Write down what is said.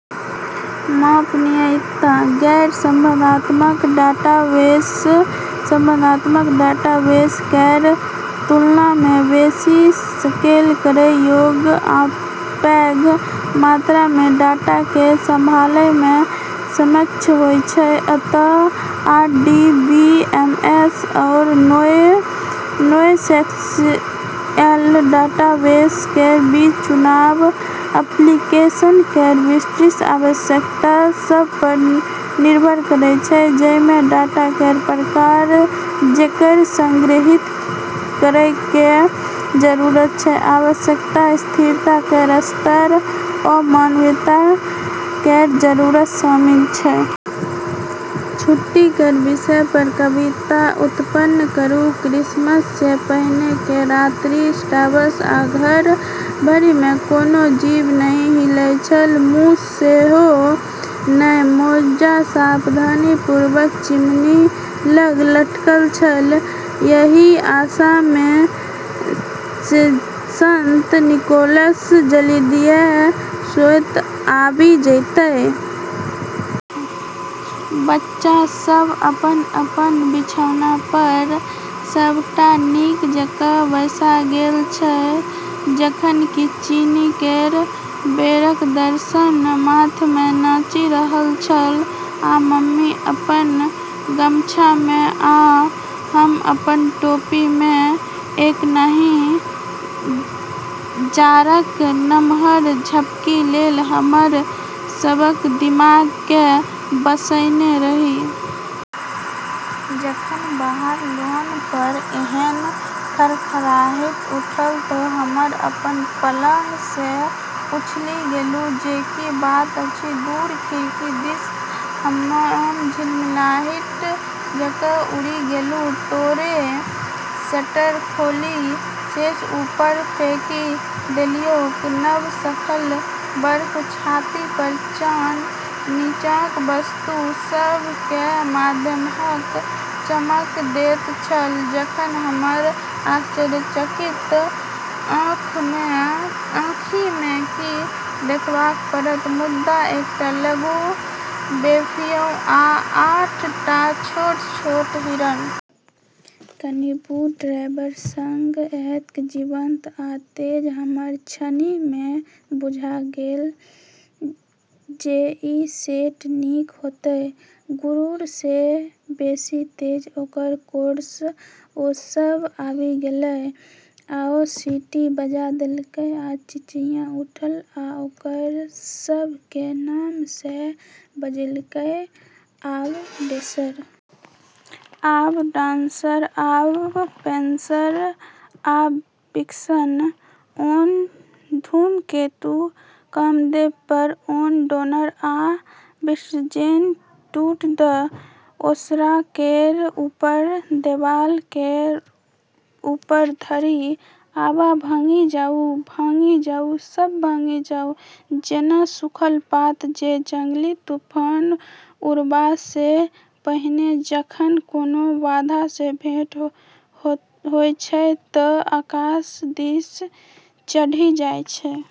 मापनीयता: गैर-संबंधात्मक डाटाबेस संबंधात्मक डाटाबेस केर तुलनामे बेसी स्केल करै योग्य आ पैघ मात्रामे डाटाकेँ सँभालैमे सक्षम होइत छै। अंततः, आरडीबीएमएस आ नोएसक्यूएल डाटाबेस केर बीच चुनाव एप्लीकेशन केर विशिष्ट आवश्यकता सभपर निर्भर करैत छै, जाहिमे डाटा केर प्रकार जेकरा संग्रहीत करै केर जरूरत छै, आवश्यक स्थिरता केर स्तर, आ मापनीयता केर जरूरत शामिल छै। छुट्टी केर विषयपर कविता उत्पन्न करू। 'क्रिसमससँ पहिने केर राति ट्वास, आ घर भरिमे, कोनो जीव नहि हिलैत छल, मूस सेहो नहि। ' मोजा सावधानीपूर्वक चिमनी लग लटकल छल, एहि आशामे जे संत निकोलस जल्दिये ओतए आबि जेताह। बच्चा सभ अपन-अपन बिछाओनपर सभटा नीक जकाँ बसा गेल छल, जखन कि चीनी केर बेरक दर्शन माथमे नाचि रहल छल। आ मम्मी अपन गमछामे, आ हम अपन टोपीमे, एखनहि जाड़क नमहर झपकी लेल हमर सभक दिमागकेँ बसौने रही। जखन बाहर लॉनपर एहन खड़खड़ाहटि उठल तऽ हम अपन पलंगपरसँ उछलि गेलहुँ जे की बात अछि। दूर खिड़की दिस हम झिलमिलाहट जकाँ उड़ि गेलहुँ, तोरे शटर खोलि सैश ऊपर फेकि देलियैक। नव-खसल बर्फक छातीपर चान नीचाँक वस्तु सभकेँ मध्याह्नक चमक दैत छल जखन, हमर आश्चर्यचकित आँखिमे की देखाय पड़त, मुदा एकटा लघु बेपहियों आ आठ टा छोट-छोट हिरन। कनि बूढ़ ड्राइवरक संग, एतेक जीवंत आ तेज, हमरा क्षणहिमे बुझा गेल जे ई सेंट निक हेतैक। गरुड़सँ बेसी तेजीसँ ओकर कोर्सर ओ सभ आबि गेलै, आ ओ सीटी बजा देलकै, आ चिचिया उठल, आ ओकरा सभकेँ नामसँ बजौलकै: "आब डैशर! आब डांसर! आब, प्रैन्सर आ विक्सन! ऑन, धूमकेतु! कामदेवपर! ऑन, डोनर आ ब्लिट्जेन! To the. " ओसारा केर ऊपर! देबाल केर ऊपर धरि! आब भागि जाउ! भागि जाउ! सब भागि जाउ! " जेना सूखल पात जे जंगली तूफान उड़बासँ पहिने, जखन कोनो बाधासँ भेट होइत अछि तँ आकाश दिस चढ़ि जाइत अछि।